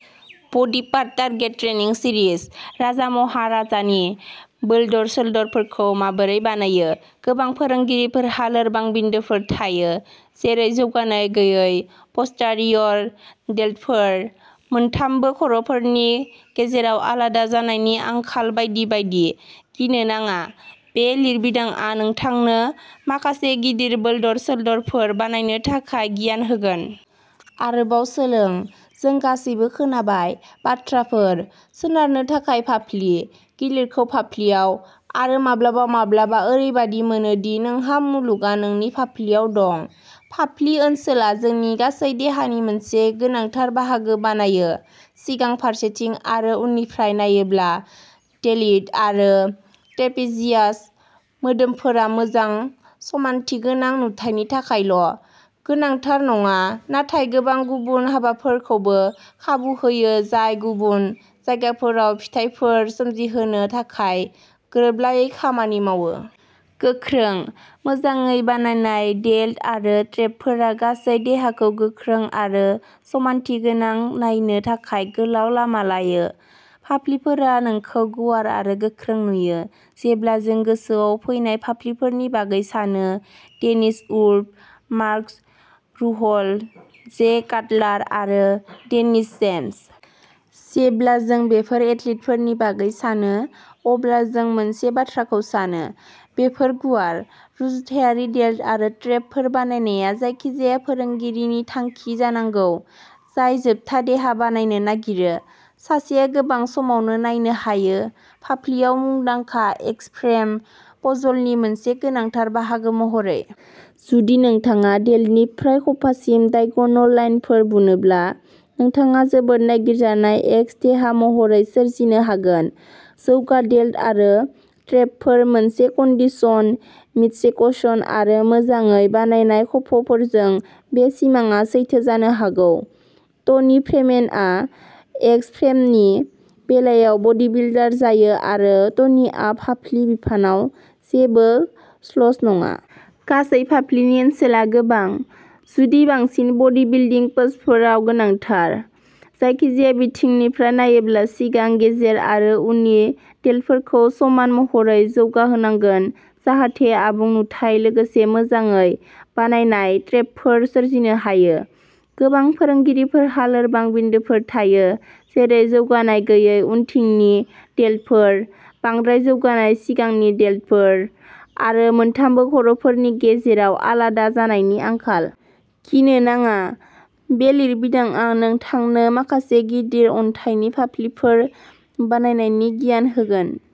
Body part target training series राजा महरनि boulder शोल्डारफोरखौ माबोरै बानायो? गोबां फोरोंगिरिफोरहा लोरबां बिन्दोफोर थायो जेरै जौगानाय गैयै पस्टारियर डेल्टफोर, मोनथामबो खर'फोरनि गेजेराव आलादा जानायनि आंखाल बायदि बायदि। गिनो नाङा; बे लिरबिदांआ नोंथांनो माखासे गिदिर बोल्डर शोल्डारफोर बानायनो थाखाय गियान होगोन! आरोबाव सोलों। जों गासैबो खोनाबाय। बाथ्राफोरः सोनारनो थाखाय फाफ्लि, गिलिरखौ फाफ्लिआव, आरो माब्लाबा माब्लाबा ओरैबादि मोनो दि नोंहा मुलुगआ नोंनि फाफ्लिआव दं। फाफ्लि ओनसोला जोंनि गासै देहानि मोनसे गोनांथार बाहागो बानायो। सिगां, फारसेथिं आरो उननिफ्राय नायोब्ला, डेल्टइड आरो ट्रेपेजियास मोदोमफोरा मोजां समानथिगोनां नुथायनि थाखायल' गोनांथार नङा, नाथाय गोबां गुबुन हाबाफोरखौबो खाबु होयो जाय गुबुन जायगाफोराव फिथायफोर सोमजिहोनो थाखाय गोरोबलायै खामानि मावो। गोख्रों, मोजाङै बानायनाय डेल्ट आरो ट्रेपफोरा गासै देहाखौ गोख्रों आरो समानथिगोनां नायनो थाखाय गोलाव लामा लायो। फाफ्लिफोरा नोंखौ गुवार आरो गोख्रों नुयो। जेब्ला जों गोसोआव फैनाय फाफ्लिफोरनि बागै सानो, डेनिस उल्फ, मार्कास रुहल, जे काटलार, आरो डेनिस जेम्स? जेब्ला जों बेफोर एथलीटफोरनि बागै सानो अब्ला जों मोनसे बाथ्राखौ सानोः बेफोर गुवार! रुजुथायारि डेल्ट आरो ट्रेपफोर बानायनाया जायखिजाया फोरोंगिरिनि थांखि जानांगौ जाय जोबथा देहा बानायनो नागिरो। सासेआ गोबां समावनो नायनो हायो। फाफ्लिफोराव मुंदांखा "एक्स फ्रेम" पजलनि मोनसे गोनांथार बाहागो महरै। जुदि नोंथाङा डेल्टनिफ्राय खफासिम डायगनल लाइनफोर बुनोब्ला, नोंथाङा जोबोद नागिरजानाय "एक्स" देहा महरखौ सोरजिनो हागोन। जौगा डेल्ट आरो ट्रेपफोर, मोनसे कन्डिशन्ड मिडसेकसन, आरो मोजाङै बानायनाय खफफोरजों, बे सिमांआ सैथो जानो हागौ। टनि फ्रीमेनआ एक्स फ्रेमनि बेलायाव बडीबिल्डार जायो आरो टनिआ फाफ्लि बिफानाव जेबो स्लच नङा। गासै फाफ्लिनि ओनसोला गोबां, जुदि बांसिन बडीबिल्डिं पोजफोराव गोनांथार। जायखिजाया बिथिंनिफ्राय नायोब्ला सिगां, गेजेर, आरो उननि डेल्टफोरखौ समान महरै जौगाहोनांगोन जाहाथे "आबुं नुथाइ" लोगोसे मोजाङै बानायनाय ट्रेपफोर सोरजिनो हायो। गोबां फोरोंगिरिफोरहा लोरबां बिन्दोफोर थायो जेरै जौगानाय गैयै उनथिंनि डेल्टफोर, बांद्राय जौगानाय सिगांनि डेल्टफोर, आरो मोनथामबो खर'फोरनि गेजेराव आलादा जानायनि आंखाल। गिनो नाङा; बे लिरबिदांआ नोंथांनो माखासे गिदिर अन्थाइनि फाफ्लिफोर बानायनायनि गियान होगोन!